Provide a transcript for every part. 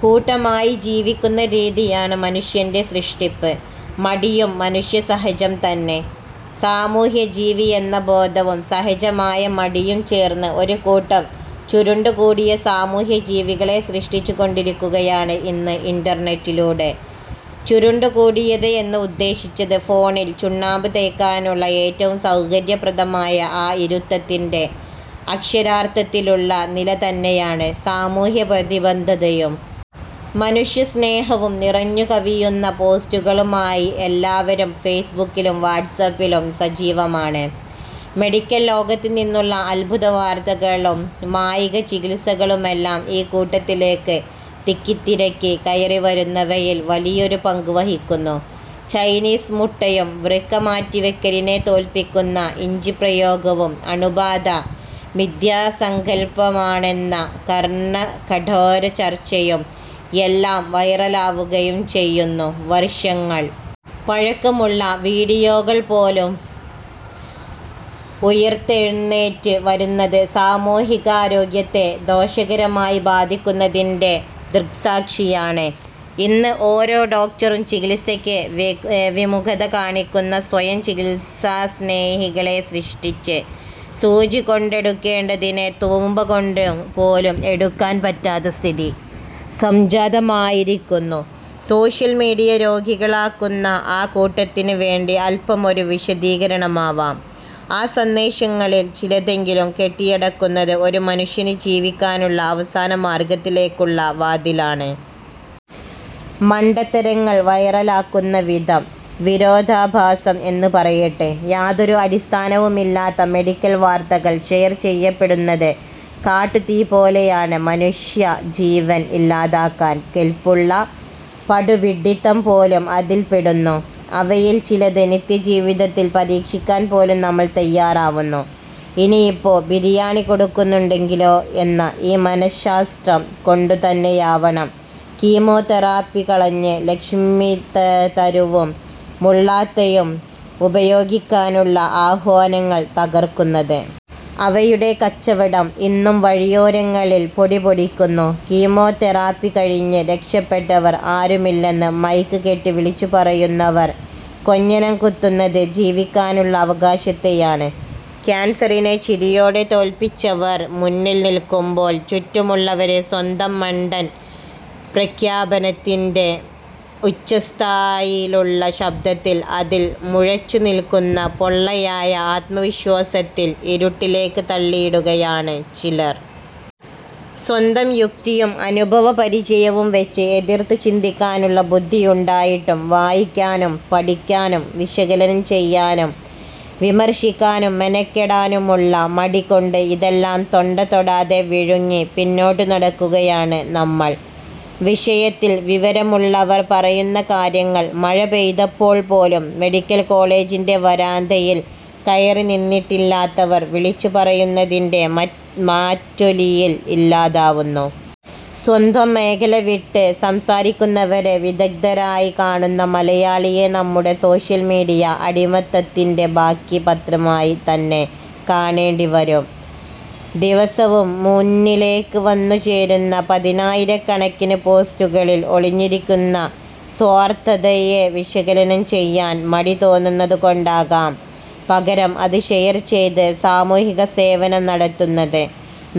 കൂട്ടമായി ജീവിക്കുന്ന രീതിയിലാണ് മനുഷ്യന്റെ സൃഷ്ടിപ്പ്. മടിയും മനുഷ്യസഹജം തന്നെ. സാമൂഹ്യജീവി എന്ന ബോധവും സഹജമായ മടിയും ചേർന്ന് ഒരു കൂട്ടം ചുരുണ്ടുകൂടിയ സാമൂഹ്യജീവികളെ സൃഷ്ടിച്ചുകൊണ്ടിരിക്കുകയാണ് ഇന്ന് ഇന്റർനെറ്റിലൂടെ. ചുരുണ്ടുകൂടിയത് എന്ന് ഉദ്ദേശിച്ചത് ഫോണിൽ ചുണ്ണാമ്പ് തേക്കാനുള്ള ഏറ്റവും സൗകര്യപ്രദമായ ആ ഇരുത്തത്തിന്റെ അക്ഷരാർത്ഥത്തിലുള്ള നില തന്നെയാണ്. സാമൂഹ്യപ്രതിബദ്ധതയും മനുഷ്യസ്നേഹവും നിറഞ്ഞുകവിയുന്ന പോസ്റ്റുകളുമായി എല്ലാവരും ഫേസ്ബുക്കിലും വാട്ട്സാപ്പിലും സജീവമാണ്. മെഡിക്കൽ ലോകത്ത് നിന്നുള്ള അദ്ഭുതവാർത്തകളും മായിക ചികിത്സകളുമെല്ലാം ഈ കൂട്ടത്തിലേക്ക് തിക്കിത്തിരക്കി കയറിവരുന്നവയിൽ വലിയൊരു പങ്ക് വഹിക്കുന്നു. ചൈനീസ് മുട്ടയും വൃക്ക മാറ്റിവെക്കലിനെ തോൽപ്പിക്കുന്ന ഇഞ്ചിപ്രയോഗവും അണുബാധ മിഥ്യാസങ്കൽപ്പമാണെന്ന കർണകഠോര ചർച്ചയും എല്ലാം വൈറലാകുകയും ചെയ്യുന്നു. വർഷങ്ങൾ പഴക്കമുള്ള വീഡിയോകൾ പോലും ഉയിർത്തെഴുന്നേറ്റ് വരുന്നത് സാമൂഹികാരോഗ്യത്തെ ദോഷകരമായി ബാധിക്കുന്നതിന്റെ ദൃക്സാക്ഷിയാണ് ഇന്ന് ഓരോ ഡോക്ടറും. ചികിത്സയ്ക്ക് വിമുഖത കാണിക്കുന്ന സ്വയം ചികിത്സാസ്നേഹികളെ സൃഷ്ടിച്ച് സൂചികൊണ്ടെടുക്കേണ്ടതിനെ തൂമ്പകൊണ്ട് പോലും എടുക്കാൻ പറ്റാത്ത സ്ഥിതി സംജാതമായിരിക്കുന്നു. സോഷ്യൽ മീഡിയ രോഗികളാക്കുന്ന ആ കൂട്ടത്തിന് വേണ്ടി അൽപമൊരു വിശദീകരണമാവാം. ആ സന്ദേശങ്ങളിൽ ചിലതെങ്കിലും കൊട്ടിയടക്കുന്നത് ഒരു മനുഷ്യന് ജീവിക്കാനുള്ള അവസാനമാർഗത്തിലേക്കുള്ള വാതിലാണ്. മണ്ടത്തരങ്ങൾ വൈറലാക്കുന്ന വിധം വിരോധാഭാസം എന്ന് പറയട്ടെ. യാതൊരു അടിസ്ഥാനവുമില്ലാത്ത മെഡിക്കൽ വാർത്തകൾ ഷെയർ ചെയ്യപ്പെടുന്നത് കാട്ടുതീ പോലെയാണ്. മനുഷ്യജീവൻ ഇല്ലാതാക്കാൻ കെൽപ്പുള്ള പടുവിഡ്ഢിത്തം പോലും അതിൽപ്പെടുന്നു. അവയിൽ ചിലത് നിത്യജീവിതത്തിൽ പരീക്ഷിക്കാൻ പോലും നമ്മൾ തയ്യാറാവുന്നു. ഇനിയിപ്പോ ബിരിയാണി കൊടുക്കുന്നുണ്ടെങ്കിലോ എന്ന ഈ മനശാസ്ത്രം കൊണ്ടുതന്നെയാവണം കീമോതെറാപ്പി കളഞ്ഞ് ലക്ഷ്മിതരുവും മുള്ളാത്തയും ഉപയോഗിക്കാനുള്ള ആഹ്വാനങ്ങൾ തകർക്കുന്നത്. അവയുടെ കച്ചവടം ഇന്നും വഴിയോരങ്ങളിൽ പൊടിപൊടിക്കുന്നു. കീമോതെറാപ്പി കഴിഞ്ഞ് രക്ഷപ്പെട്ടവർ ആരുമില്ലെന്ന് മൈക്ക് കെട്ടി വിളിച്ചുപറയുന്നവർ കൊഞ്ഞനം കുത്തുന്നത് ജീവിക്കാനുള്ള അവകാശത്തെയാണ്. കാൻസറിനെ ചിരിയോടെ തോൽപ്പിച്ചവർ മുന്നിൽ നിൽക്കുമ്പോൾ ചുറ്റുമുള്ളവരെ സ്വന്തം മണ്ടൻ പ്രഖ്യാപനത്തിന്റെ ഉച്ചസ്ഥായിയിലുള്ള ശബ്ദത്തിൽ അതിൽ മുഴച്ചുനിൽക്കുന്ന പൊള്ളയായ ആത്മവിശ്വാസത്തിൽ ഇരുട്ടിലേക്ക് തള്ളിയിടുകയാണ് ചിലർ. സ്വന്തം യുക്തിയും അനുഭവപരിചയവും വെച്ച് എതിർത്തുചിന്തിക്കാനുള്ള ബുദ്ധിയുണ്ടായിട്ടും വായിക്കാനും പഠിക്കാനും വിശകലനം ചെയ്യാനും വിമർശിക്കാനും മെനക്കെടാനുമുള്ള മടി കൊണ്ട് ഇതെല്ലാം തൊണ്ടതൊടാതെ വിഴുങ്ങി പിന്നോട്ട് നടക്കുകയാണ് നമ്മൾ. വിഷയത്തിൽ വിവരമുള്ളവർ പറയുന്ന കാര്യങ്ങൾ മഴ പെയ്തപ്പോൾ പോലും മെഡിക്കൽ കോളേജിന്റെ വരാന്തയിൽ കയറിനിന്നിട്ടില്ലാത്തവർ വിളിച്ചുപറയുന്നതിന്റെ മാറ്റൊലിയിൽ ഇല്ലാതാവുന്നു. സ്വന്തം മേഖല വിട്ട് സംസാരിക്കുന്നവരെ വിദഗ്ധരായി കാണുന്ന മലയാളിയെ നമ്മുടെ സോഷ്യൽ മീഡിയ അടിമത്തത്തിന്റെ ബാക്കിപത്രമായി തന്നെ കാണേണ്ടിവരും. ദിവസവും മുന്നിലേക്ക് വന്നുചേരുന്ന പതിനായിരക്കണക്കിന് പോസ്റ്റുകളിൽ ഒളിഞ്ഞിരിക്കുന്ന സ്വാർഥതയെ വിശകലനം ചെയ്യാൻ മടി തോന്നുന്നതുകൊണ്ടാകാം പകരം അത് ഷെയർ ചെയ്ത് സാമൂഹികസേവനം നടത്തുന്നത്.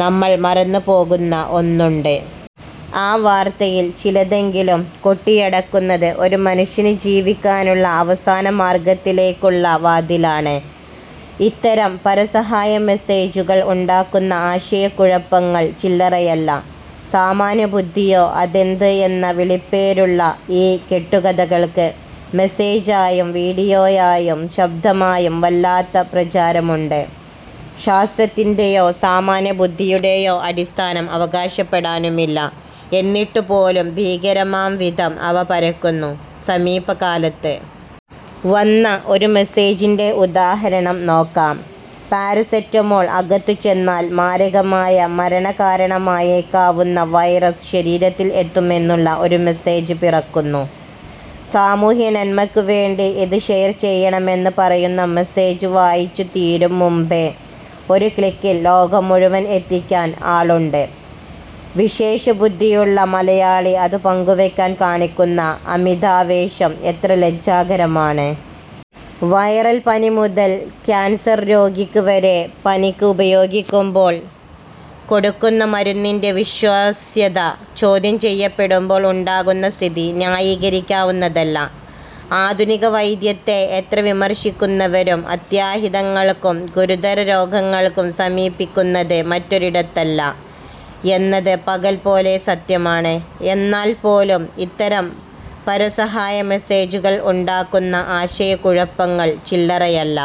നമ്മൾ മറന്നുപോകുന്ന ഒന്നുണ്ട്. ആ വാർത്തയിൽ ചിലതെങ്കിലും കൊട്ടിയടക്കുന്നത് ഒരു മനുഷ്യന് ജീവിക്കാനുള്ള അവസാനമാർഗത്തിലേക്കുള്ള വാതിലാണ്. ഇത്തരം പരസഹായ മെസേജുകൾ ഉണ്ടാക്കുന്ന ആശയക്കുഴപ്പങ്ങൾ ചില്ലറയല്ല. സാമാന്യബുദ്ധിയോ അതെന്ത് എന്ന വിളിപ്പേരുള്ള ഈ കെട്ടുകഥകൾക്ക് മെസേജായും വീഡിയോയായും ശബ്ദമായും വല്ലാത്ത പ്രചാരമുണ്ട്. ശാസ്ത്രത്തിന്റെയോ സാമാന്യബുദ്ധിയുടെയോ അടിസ്ഥാനം അവകാശപ്പെടാനുമില്ല. എന്നിട്ടുപോലും ഭീകരമാംവിധം അവ പരക്കുന്നു. സമീപകാലത്ത് വന്ന ഒരു മെസേജിന്റെ ഉദാഹരണം നോക്കാം. പാരസെറ്റമോൾ അകത്തുചെന്നാൽ മാരകമായ മരണകാരണമായേക്കാവുന്ന വൈറസ് ശരീരത്തിൽ എത്തുമെന്നുമുള്ള ഒരു മെസേജ് പിറക്കുന്നു. സാമൂഹ്യനന്മയ്ക്കുവേണ്ടി ഇത് ഷെയർ ചെയ്യണമെന്ന് പറയുന്ന മെസേജ് വായിച്ചുതീരും മുമ്പേ ഒരു ക്ലിക്കിൽ ലോകം മുഴുവൻ എത്തിക്കാൻ ആളുണ്ട്. വിശേഷബുദ്ധിയുള്ള മലയാളി അത് പങ്കുവെക്കാൻ കാണിക്കുന്ന അമിതാവേശം എത്ര ലജ്ജാകരമാണ്. വൈറൽപ്പനി മുതൽ കാൻസർ രോഗിക്ക് വരെ പനിക്ക് ഉപയോഗിക്കുമ്പോൾ കൊടുക്കുന്ന മരുന്നിന്റെ വിശ്വാസ്യത ചോദ്യം ചെയ്യപ്പെടുമ്പോൾ ഉണ്ടാകുന്ന സ്ഥിതി ന്യായീകരിക്കാവുന്നതല്ല. ആധുനികവൈദ്യത്തെ എത്ര വിമർശിക്കുന്നവരും അത്യാഹിതങ്ങൾക്കും ഗുരുതരരോഗങ്ങൾക്കും സമീപിക്കുന്നത് മറ്റൊരിടത്തല്ല എന്നത് പകൽപോലെ സത്യമാണ്. എന്നാൽപ്പോലും ഇത്തരം പരസഹായ മെസേജുകൾ ഉണ്ടാക്കുന്ന ആശയക്കുഴപ്പങ്ങൾ ചില്ലറയല്ല.